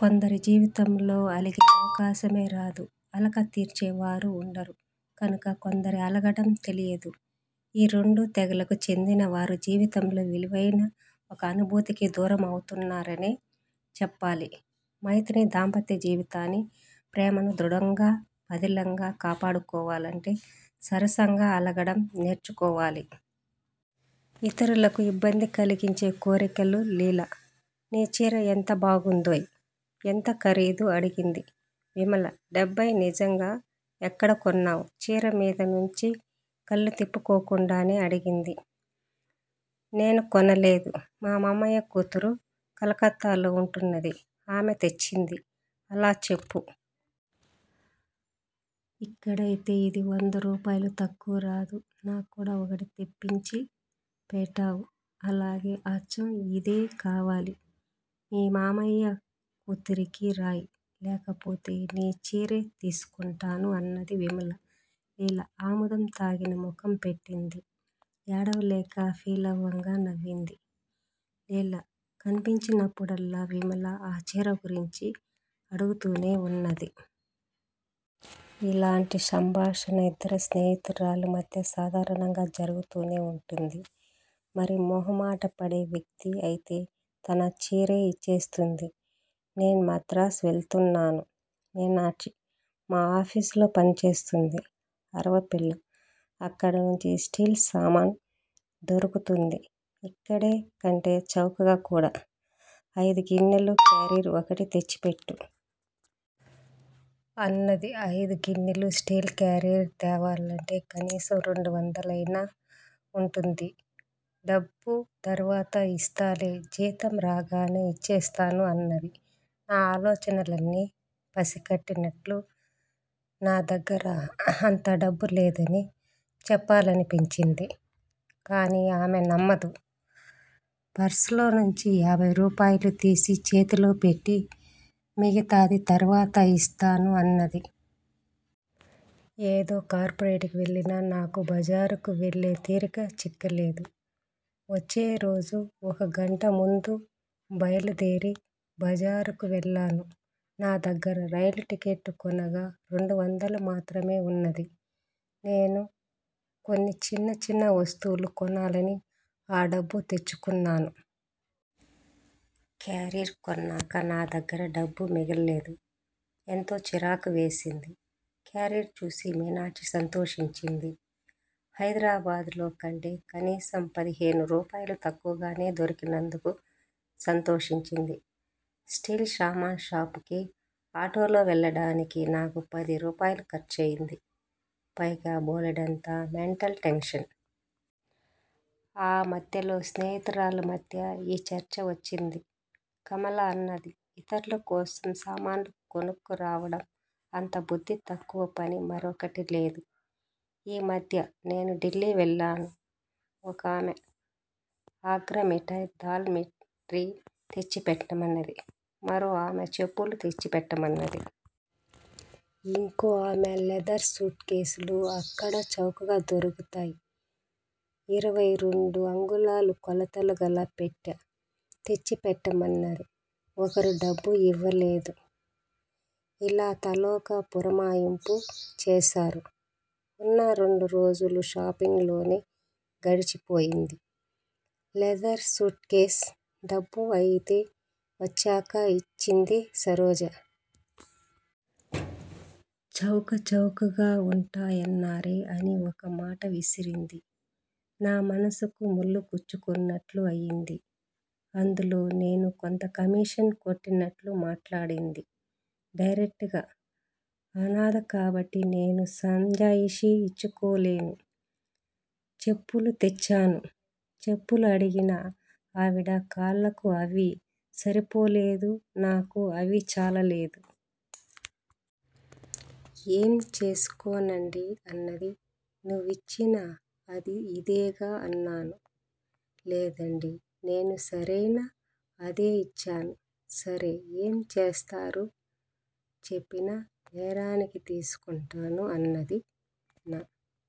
కొందరికి జీవితంలో అలిగే అవకాశమే రాదు అలక తీర్చేవారు ఉండరు కనుక కొందరికి అలగడం తెలియదు. ఈ రెండు తెగలకు చెందినవారు జీవితంలో విలువైన ఒక అనుభూతికి దూరం అవుతున్నారనే చెప్పాలి. మైత్రి దాంపత్య జీవితాన్నీ ప్రేమనూ దృఢంగా పదిలంగా కాపాడుకోవాలంటే సరసంగా అలగడం నేర్చుకోవాలి. ఇతరులకు ఇబ్బంది కలిగించే కోరికలు లీలా! నీ చీర ఎంత బాగుందోయ్? ఎంత ఖరీదు? అడిగింది విమల. డెబ్బయ్! నిజంగా? ఎక్కడ కొన్నావ్? చీర మీద నుంచి కళ్ళు తిప్పుకోకుండానే అడిగింది. నేను కొనలేదు. మా మామయ్య కూతురు కలకత్తాలో ఉంటున్నది. ఆమె తెచ్చింది. అలా చెప్పు! ఇక్కడైతే ఇది వందరూపాయలకు తక్కువ రాదు. నాక్కూడా ఒకటి తెప్పించి పెట్టవూ? అలాగే! అచ్చం ఇదే కావాలి! మీ మామయ్య కూతురికి రాయి లేకపోతే నీ చీరే తీసుకుంటాను అన్నది విమల. లీల ఆముదం తాగిన ముఖం పెట్టింది. ఏడవలేక పేలవంగా నవ్వింది. లీల కన్పించినప్పుడల్లా విమల ఆ చీర గురించి అడుగుతూనే ఉన్నది. ఇలాంటి సంభాషణ ఇద్దరు స్నేహితురాళ్ళ మధ్య సాధారణంగా జరుగుతూనే ఉంటుంది. మరీ మొహమాటపడే వ్యక్తి అయితే తన చీరే ఇచ్చేస్తుంది. నేను మద్రాసు వెళ్తున్నాను. మీనాక్షి మా ఆఫీసులో పనిచేస్తున్నది. అరవపిల్ల అక్కడ మంచి స్టీలు సామాను దొరుకుతుంది ఇక్కడి కంటే చౌక కూడా. ఐదు గిన్నెల కారియర్ ఒకటి తెచ్చి పెట్టు! అన్నది. ఐదు గిన్నెల స్టీలు కారియర్ తేవాలంటే కనీసం రెండు వందలైనా ఉంటుంది. డబ్బు తర్వాత ఇస్తాలే. జీతం రాగానే ఇచ్చేస్తాను అన్నది నా ఆలోచనల్ని పసికట్టినట్లు. నా దగ్గర అంత డబ్బులేదని చెప్పాలనిపించింది. కాని ఆమె నమ్మదు. పర్సులోనుంచి యాభై రూపాయలు తీసి చేతిలో పెట్టి మిగతాది తర్వాత ఇస్తాను అన్నది. ఏదో కార్పొరెట్కు వెళ్ళిన నాకు బజారుకు వెళ్ళే తీరిక చిక్కలేదు. వచ్చే రోజు ఒక గంట ముందు బయలుదేరి బజారుకు వెళ్ళాను. నా దగ్గిర రైలు టికెట్ కొనగా రెండు వందలు మాత్రమే ఉన్నది. నేను కొన్ని చిన్న చిన్న వస్తువులు కొనాలని ఆ డబ్బు తెచ్చుకున్నాను. కారియర్ కొన్నాక నా దగ్గర డబ్బు మిగల్లేదు. ఎంతో చిరాకు వేసింది. కారియర్ చూసి మీనాక్షి సంతోషించింది. హైదరాబాద్ లో కంటే కనీసం పదిహేను రూపాయలు తక్కువగానే దొరికినందుకు సంతోషించింది. స్టీల్ సామాను షాపుకి ఆటోలో వెళ్ళడానికి నాకు పది రూపాయలు ఖర్చయింది. పైగా బోలెడంత మెంటల్ టెన్షన్. ఆ మధ్యలో స్నేహితురాళ్ళ మధ్య ఈ చర్చ వచ్చింది. కమల అన్నది ఇతర్ల కోసం సామాను కొనుక్కురావడం అంతబుద్ధి తక్కువపని మరొకటి లేదు. ఈ మధ్య నేను ఢిల్లీ వెళ్ళాను. ఒకామె ఆగ్రా మిఠాయి దాల్ మిట్రి తెచ్చి పెట్టమన్నది. మరో ఆమె చెప్పులు తెచ్చి పెట్టమన్నది. ఇంకో ఆమె లెదర్ సూట్ కేస్ లు అక్కడ చౌకగా దొరుకుతాయి. ఇరవై రెండు అంగుళాల కొలతగల పెట్ట తెచ్చిపెట్టమన్నది. ఒక్కరూ డబ్బు ఇవ్వలేదు. ఇలా తలొక పురమాయింపు చేశారు. ఉన్న రెండు రోజులూ షాపింగ్ లోనే గడిచిపోయింది. లెదర్ సూట్ కేసు డబ్బు అయితే వచ్చాక ఇచ్చింది సరోజ. చౌక చౌకగా ఉంటాయన్నారే అని ఒక మాట విసిరింది. నా మనసుకు ముల్లు గుచ్చుకున్నట్లు అయింది. అందులో నేను కొంత కమీషన్ కొట్టిన్నట్లు మాట్లాడింది. డైరెక్టుగా అనదు కాబట్టి నేను సంజాయిషీ ఇచ్చుకోలేను. చెప్పులు తెచ్చాను. చెప్పులు అడిగిన ఆవిడ కాళ్ళకు అవి సరిపోలేదు. నాకు అవి చాలలేదు. ఏం చేసుకోనండీ! అన్నది. నువ్విచ్చిన ఆది ఇదేగా అన్నాను. లేదండీ నేను సరైన ఆదే ఇచ్చాను. సరే ఏం చేస్తారు. చెప్పిన నేరానికి తీసుకుంటాను అన్నది. నా